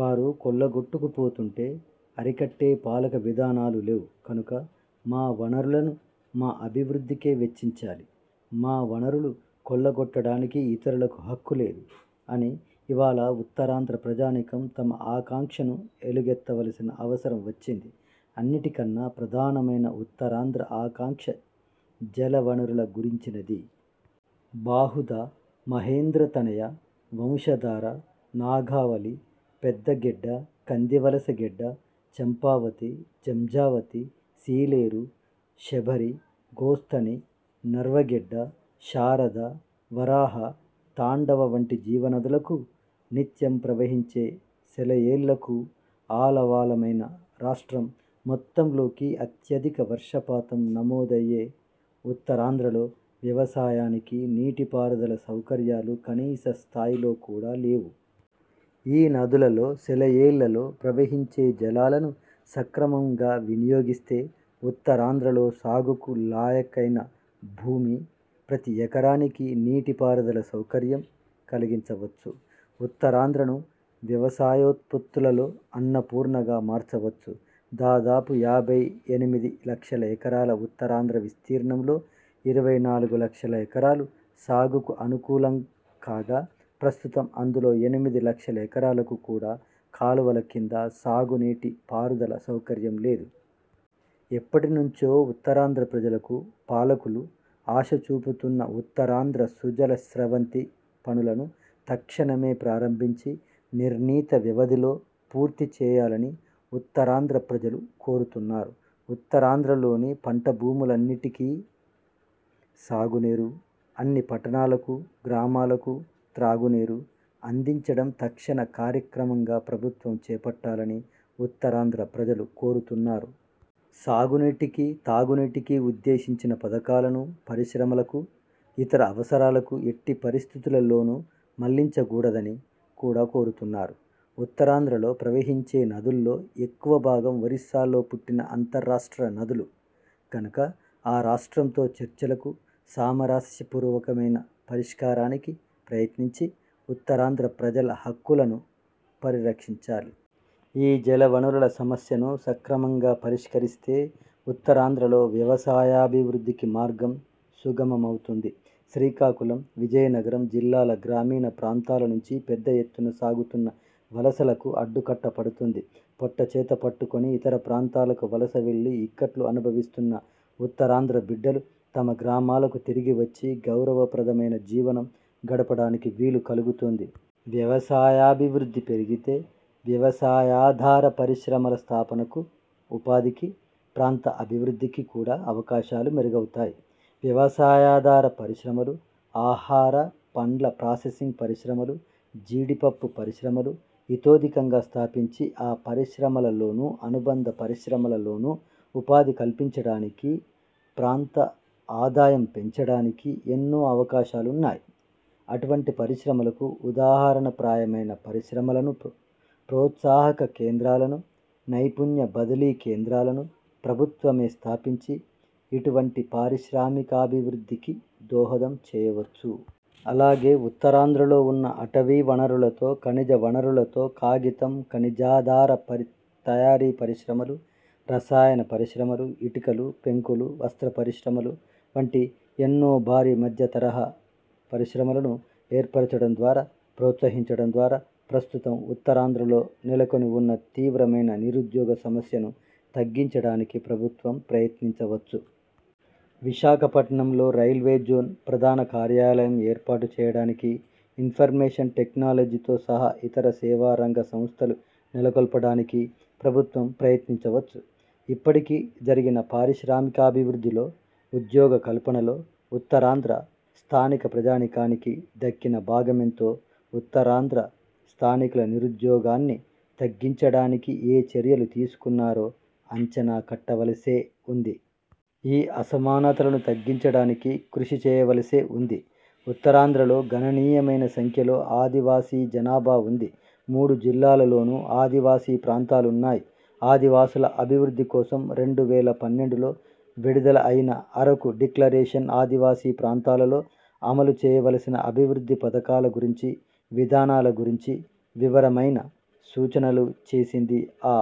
వారు కొల్లగొట్టుకు పోతుంటే అరికట్టే పాలక విధానాలు లేవు. కనుక 'మా వనరులను మా అభివృద్ధికే వెచ్చించాలి', 'మా వనరులు కొల్లగొట్టడానికి ఇతరులకు హక్కు లేదు' అని ఇవాళ ఉత్తరాంధ్ర ప్రజానీకం తమ ఆకాంక్షను ఎలుగెత్తవలసిన అవసరం వచ్చింది. అన్నిటికన్నా ప్రధానమైన ఉత్తరాంధ్ర ఆకాంక్ష జల వనరుల గురించినది. బాహుదా, మహేంద్ర తనయ, వంశధార, నాగావళి, పెద్ద గెడ్డ, కందివలస గెడ్డ, చంపావతి, జంఝావతి, సీలేరు, శబరి, గోస్తని, నర్వ గెడ్డ, శారద, వరాహ, తాండవ వంటి జీవ నదులకూ నిత్యం ప్రవహించే సెలయేళ్లకూ ఆలవాలమైన, రాష్ట్రం మొత్తంలోకి అత్యధిక వర్షపాతం నమోదయ్యే ఉత్తరాంధ్రలో వ్యవసాయానికి నీటి పారుదల సౌకర్యాలు కనీస స్థాయిలో కూడా లేవు. ఈ నదులలో సెలయేళ్లలో ప్రవహించే జలాలను సక్రమంగా వినియోగిస్తే ఉత్తరాంధ్రలో సాగుకు లాయకైన భూమి ప్రతి ఎకరానికీ నీటి పారుదల సౌకర్యం కలిగించవచ్చు. ఉత్తరాంధ్రను వ్యవసాయోత్పత్తులలో అన్నపూర్ణగా మార్చవచ్చు. దాదాపు యాభై ఎనిమిది లక్షల ఎకరాల ఉత్తరాంధ్ర విస్తీర్ణంలో ఇరవై నాలుగు లక్షల ఎకరాలు సాగుకు అనుకూలం కాగా, ప్రస్తుతం అందులో ఎనిమిది లక్షల ఎకరాలకు కూడా కాలువల కింద సాగునీటి పారుదల సౌకర్యం లేదు. ఎప్పటి నుంచో ఉత్తరాంధ్ర ప్రజలకు పాలకులు ఆశచూపుతున్న ఉత్తరాంధ్ర సుజల స్రవంతి పనులను తక్షణమే ప్రారంభించి, నిర్ణీత వ్యవధిలో పూర్తి చేయాలని ఉత్తరాంధ్ర ప్రజలు కోరుతున్నారు. ఉత్తరాంధ్రలోని పంట భూములన్నిటికీ సాగునీరు, అన్ని పట్టణాలకూ, గ్రామాలకూ తాగునీరు అందించడం తక్షణ కార్యక్రమంగా ప్రభుత్వం చేపట్టాలని ఉత్తరాంధ్ర ప్రజలు కోరుతున్నారు. సాగు నీటికీ తాగు నీటికీ ఉద్దేశించిన పథకాలను పరిశ్రమలకు, ఇతర అవసరాలకు ఎట్టి పరిస్థితులలోనూ మళ్లించగూడదని కూడా కోరుతున్నారు. ఉత్తరాంధ్రలో ప్రవహించే నదుల్లో ఎక్కువ భాగం ఒరిస్సాలో పుట్టిన అంతర్రాష్ట్ర నదులు గనుక ఆ రాష్ట్రంతో చర్చలకు, సామరస్య పూర్వకమైన పరిష్కారానికి ప్రయత్నించి, ఉత్తరాంధ్ర ప్రజల హక్కులను పరిరక్షించాలి. ఈ జలవనరుల సమస్యను సక్రమంగా పరిష్కరిస్తే ఉత్తరాంధ్రలో వ్యవసాయాభివృద్ధికి మార్గం సుగమమవుతుంది. శ్రీకాకుళం, విజయనగరం జిల్లాల గ్రామీణ ప్రాంతాల నుంచి పెద్ద ఎత్తున సాగుతున్న వలసలకు అడ్డుకట్ట పడుతుంది. పొట్టచేత పట్టుకుని ఇతర ప్రాంతాలకు వలస వెళ్లి ఇక్కట్లు అనుభవిస్తున్న ఉత్తరాంధ్ర బిడ్డలు తమ గ్రామాలకు తిరిగివచ్చి గౌరవప్రదమైన జీవనం గడపడానికి వీలు కలుగుతుంది. వ్యవసాయాభివృద్ధి పెరిగితే వ్యవసాయాధార పరిశ్రమల స్థాపనకు, ఉపాధికీ, ప్రాంత అభివృద్ధికీ కూడా అవకాశాలు మెరుగవుతాయి. వ్యవసాయాధార పరిశ్రమలు, ఆహార, పండ్ల ప్రాసెసింగ్ పరిశ్రమలు, జీడిపప్పు పరిశ్రమలు ఇతోధికంగా స్థాపించి, ఆ పరిశ్రమలలోను, అనుబంధ పరిశ్రమలలోను ఉపాధి కల్పించడానికీ, ప్రాంత ఆదాయం పెంచడానికీ ఎన్నో అవకాశాలున్నాయి. అటువంటి పరిశ్రమలకు ఉదాహరణ ప్రాయమైన పరిశ్రమలను, ప్రోత్సాహక కేంద్రాలను, నైపుణ్య బదిలీ కేంద్రాలను ప్రభుత్వమే స్థాపించి ఇటువంటి పారిశ్రామికాభివృద్ధికి దోహదం చేయవచ్చు. అలాగే ఉత్తరాంధ్రలో ఉన్న అటవీ వనరులతో, ఖనిజ వనరులతో కాగితం, ఖనిజాధార తయారీ పరిశ్రమలు, రసాయన పరిశ్రమలు, ఇటుకలు, పెంకులు, వస్త్ర పరిశ్రమలు వంటి ఎన్నో భారీ, మధ్యతరహా పరిశ్రమలను ఏర్పరచడం ద్వారా, ప్రోత్సహించడం ద్వారా ప్రస్తుతం ఉత్తరాంధ్రలో నెలకొని ఉన్న తీవ్రమైన నిరుద్యోగ సమస్యను తగ్గించడానికి ప్రభుత్వం ప్రయత్నించవచ్చు. విశాఖపట్నంలో రైల్వే జోన్ ప్రధాన కార్యాలయం ఏర్పాటు చేయడానికి, ఇన్ఫర్మేషన్ టెక్నాలజీతో సహా ఇతర సేవారంగ సంస్థలు నెలకొల్పడానికి ప్రభుత్వం ప్రయత్నించవచ్చు. ఇప్పటికి జరిగిన పారిశ్రామికాభివృద్ధిలో, ఉద్యోగకల్పనలో ఉత్తరాంధ్ర స్థానిక ప్రజానీకానికి దక్కిన భాగమెంతో, ఉత్తరాంధ్ర స్థానికుల నిరుద్యోగాన్ని తగ్గించడానికి ఏ చర్యలు తీసుకున్నారో అంచనా కట్టవలసే ఉంది. ఆ అసమానతలను తగ్గించడానికి కృషి చేయవలసే ఉంది. ఉత్తరాంధ్రలో గణనీయమైన సంఖ్యలో ఆదివాసీ జనాభా ఉంది. మూడు జిల్లాలలోను ఆదివాసీ ప్రాంతాలున్నాయి. ఆదివాసుల అభివృద్ధి కోసం రెండు వేల పన్నెండులో విడుదల అయిన అరకు డిక్లరేషన్ ఆదివాసీ ప్రాంతాలలో అమలు చేయవలసిన అభివృద్ధి పథకాల గురించి, విధానాల గురించి వివరమైన సూచనలు చేసింది. ఆ